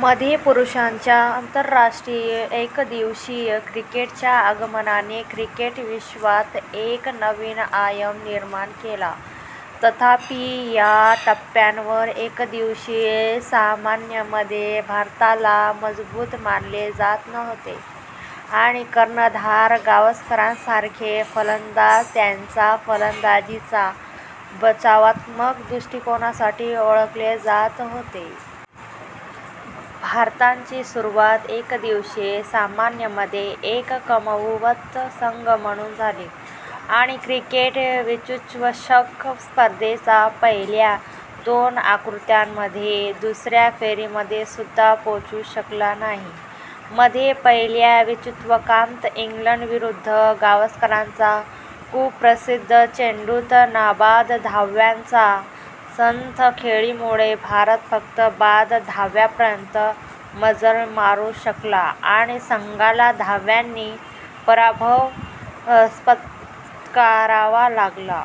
मध्ये पुरुषांच्या आंतरराष्ट्रीय एकदिवसीय क्रिकेट च्या आगमनाने क्रिकेट विश्वात एक नवीन आयाम निर्माण केला. तथापि, या टप्प्यावर एकदिवसीय सामन्यांमध्ये भारताला मजबूत मानले जात नव्हते आणि कर्णधार गावस्करसारखे फलंदाज त्यांच्या फलंदाजीच्या बचावात्मक दृष्टिकोनासाठी ओळखले जात होते. भारताची सुरुवात एकदिवसीय सामन्यांमध्ये एक कमकुवत संघ म्हणून झाली आणि क्रिकेट विश्वचषक स्पर्धेच्या पहिल्या दोन आवृत्त्यांमध्ये दुसऱ्या फेरीमध्ये सुद्धा पोहोचू शकला नाही. मध्ये पहिल्या विश्वचषकात इंग्लंडविरुद्ध गावस्करच्या कुप्रसिद्ध चेंडूत नाबाद धावांच्या संथ खेळीमुळे भारत फक्त बाद धावांपर्यंत मजल मारू शकला आणि संघाला धावांनी पराभव पत्करावा लागला.।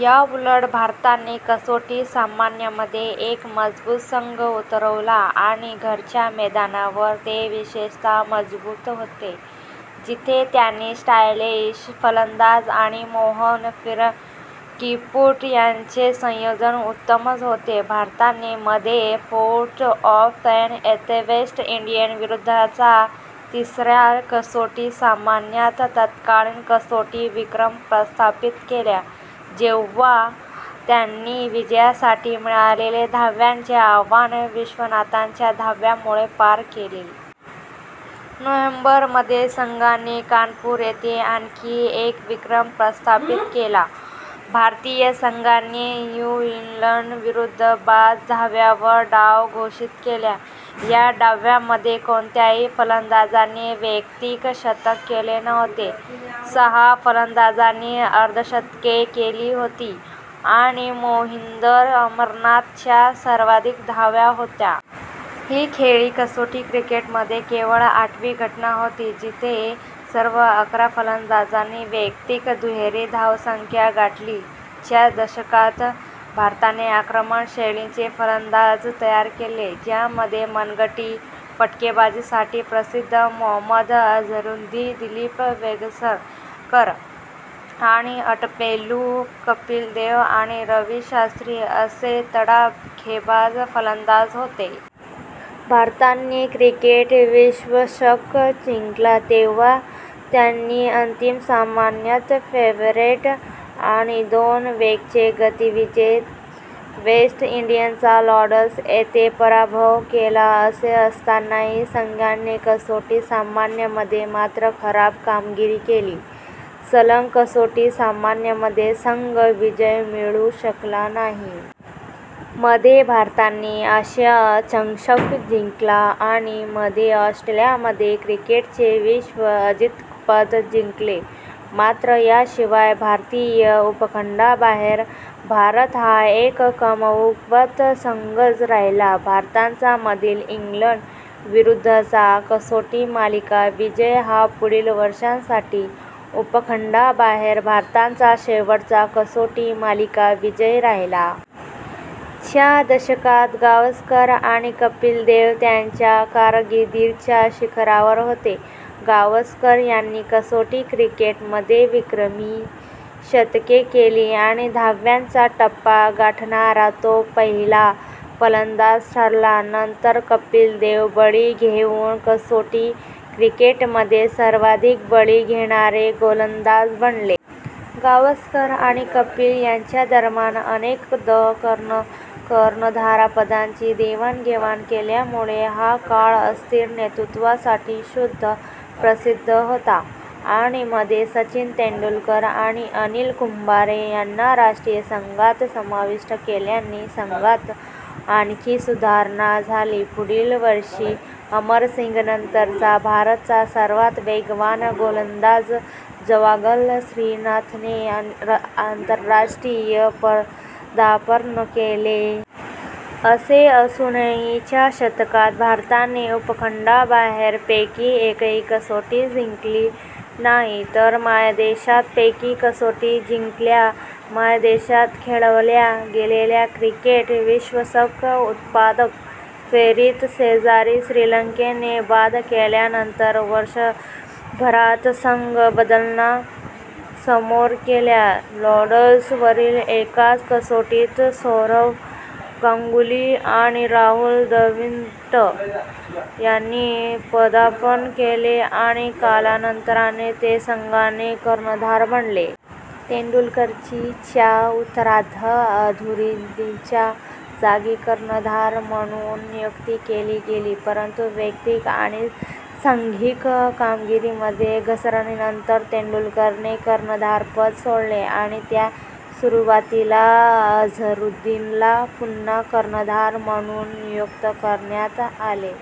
याउलट, भारताने कसोटी सामन्यांमध्ये एक मजबूत संघ उतरवला आणि घरच्या मैदानावर ते विशेषतः मजबूत होते, जिथे त्यांचे स्टायलिश फलंदाज आणि मोहक फिरकीपटू यांचे संयोजन सर्वोत्तम होते. भारताने मध्ये पोर्ट-ऑफ-स्पेन येथे वेस्ट इंडीज विरुद्धच्या तिसऱ्या कसोटी सामन्यात तत्कालीन कसोटी विक्रम प्रस्थापित केला, जेव्हा त्यांनी विजयासाठी मिळालेले धावांचे आव्हान विश्वनाथच्या धावांमुळे पार केले. नोव्हेंबर मध्ये संघाने कानपूर येथे आणखी एक विक्रम प्रस्थापित केला. भारतीय संघाने न्यू झीलंड विरुद्ध बाद धावांवर डाव घोषित केला. ह्या डावामध्ये कोणत्याही फलंदाजाने वैयक्तिक शतक केले नव्हते. सहा फलंदाजांनी अर्धशतके केली होती, आणि मोहिंदर अमरनाथ च्या सर्वाधिक धावा होत्या. ही खेळी कसोटी क्रिकेटमधील केवळ आठवी घटना होती जिथे सर्व अकरा फलंदाजांनी वैयक्तिक दुहेरी धावसंख्या गाठली. च्या दशकात, भारताने आक्रमक शैलीचे फलंदाज तयार केले. ज्यामध्ये मनगटी फटकेबाजीसाठी प्रसिद्ध मोहम्मद अझरुद्दीन, दिलीप वेंगसरकर आणि अष्टपैलू कपिल देव आणि रवी शास्त्री असे तडाखेबाज फलंदाज होते. भारताने क्रिकेट विश्वचषक जिंकला तेव्हा त्यांनी अंतिम सामन्यात फेव्हरिट आणि दोन वेळचे गतविजेते वेस्ट इंडीजचा लॉर्ड्स येथे पराभव केला. असे असतानाही, संघाने कसोटी सामन्यांमध्ये मात्र खराब कामगिरी केली. सलग कसोटी सामन्यांमध्ये संघ विजय मिळवू शकला नाही. मध्ये भारताने आशिया चषक जिंकला आणि मध्ये ऑस्ट्रेलियामध्ये क्रिकेटचे विश्व अजिंक्यपद जिंकले. मात्र याशिवाय भारतीय उपखंडाबाहेर भारत हा एक कमकुवत संघच राहिला. भारताचा मधील इंग्लंड विरुद्धचा कसोटी मालिका विजय हा पुढील वर्षांसाठी उपखंडाबाहेर भारताचा शेवटचा कसोटी मालिका विजय राहिला. च्या दशकात गावस्कर आणि कपिल देव त्यांच्या कारकिर्दीच्या शिखरावर होते. गावस्कर यांनी कसोटी क्रिकेट मध्ये विक्रमी शतके केली आणि धावांचा टप्पा गाठणारा तो पहिला फलंदाज ठरला. नंतर कपिल देव बळी घेऊन कसोटी क्रिकेटमध्ये सर्वाधिक बळी घेणारे गोलंदाज बनले. गावसकर आणि कपिल यांच्यादरम्यान अनेकद कर्णधारपदाची देवाणघेवाण केल्यामुळे हा काळ अस्थिर नेतृत्वासाठी सुद्धा प्रसिद्ध होता. आणि मध्ये सचिन तेंडुलकर आणि अनिल कुंबळे यांना राष्ट्रीय संघात समाविष्ट केल्याने संघात आणखी सुधारणा झाली. पुढील वर्षी, अमरसिंगनंतरचा भारताचा सर्वात वेगवान गोलंदाज जवागल श्रीनाथने आंतरराष्ट्रीय पदार्पण केले. असे असूनही, च्या दशकात, भारताने उपखंडाबाहेर पैकी एकही कसोटी जिंकली नाही तर मायदेशात पैकी कसोटी जिंकल्या. मायदेशात खेळवल्या गेलेल्या क्रिकेट विश्वचषक उपांत्य फेरीत शेजारी श्रीलंकेने बाद केल्यानंतर, वर्षभरात संघ बदलांना समोर गेला. लॉर्ड्स वरील एकाच कसोटीत सौरव गांगुली आणि राहुल द्रविड यांनी पदार्पण केले आणि कालांतराने ते संघाचे कर्णधार बनले. तेंडुलकरची च्या उत्तरार्धात अझरुद्दीनच्या जागी कर्णधार म्हणून नियुक्ती केली गेली, परंतु वैयक्तिक आणि सांघिक कामगिरीमध्ये घसरणीनंतर तेंडुलकरने कर्णधारपद सोडले आणि च्या सुरुवातीला अझरुद्दीनला पुन्हा कर्णधार म्हणून नियुक्त करण्यात आले.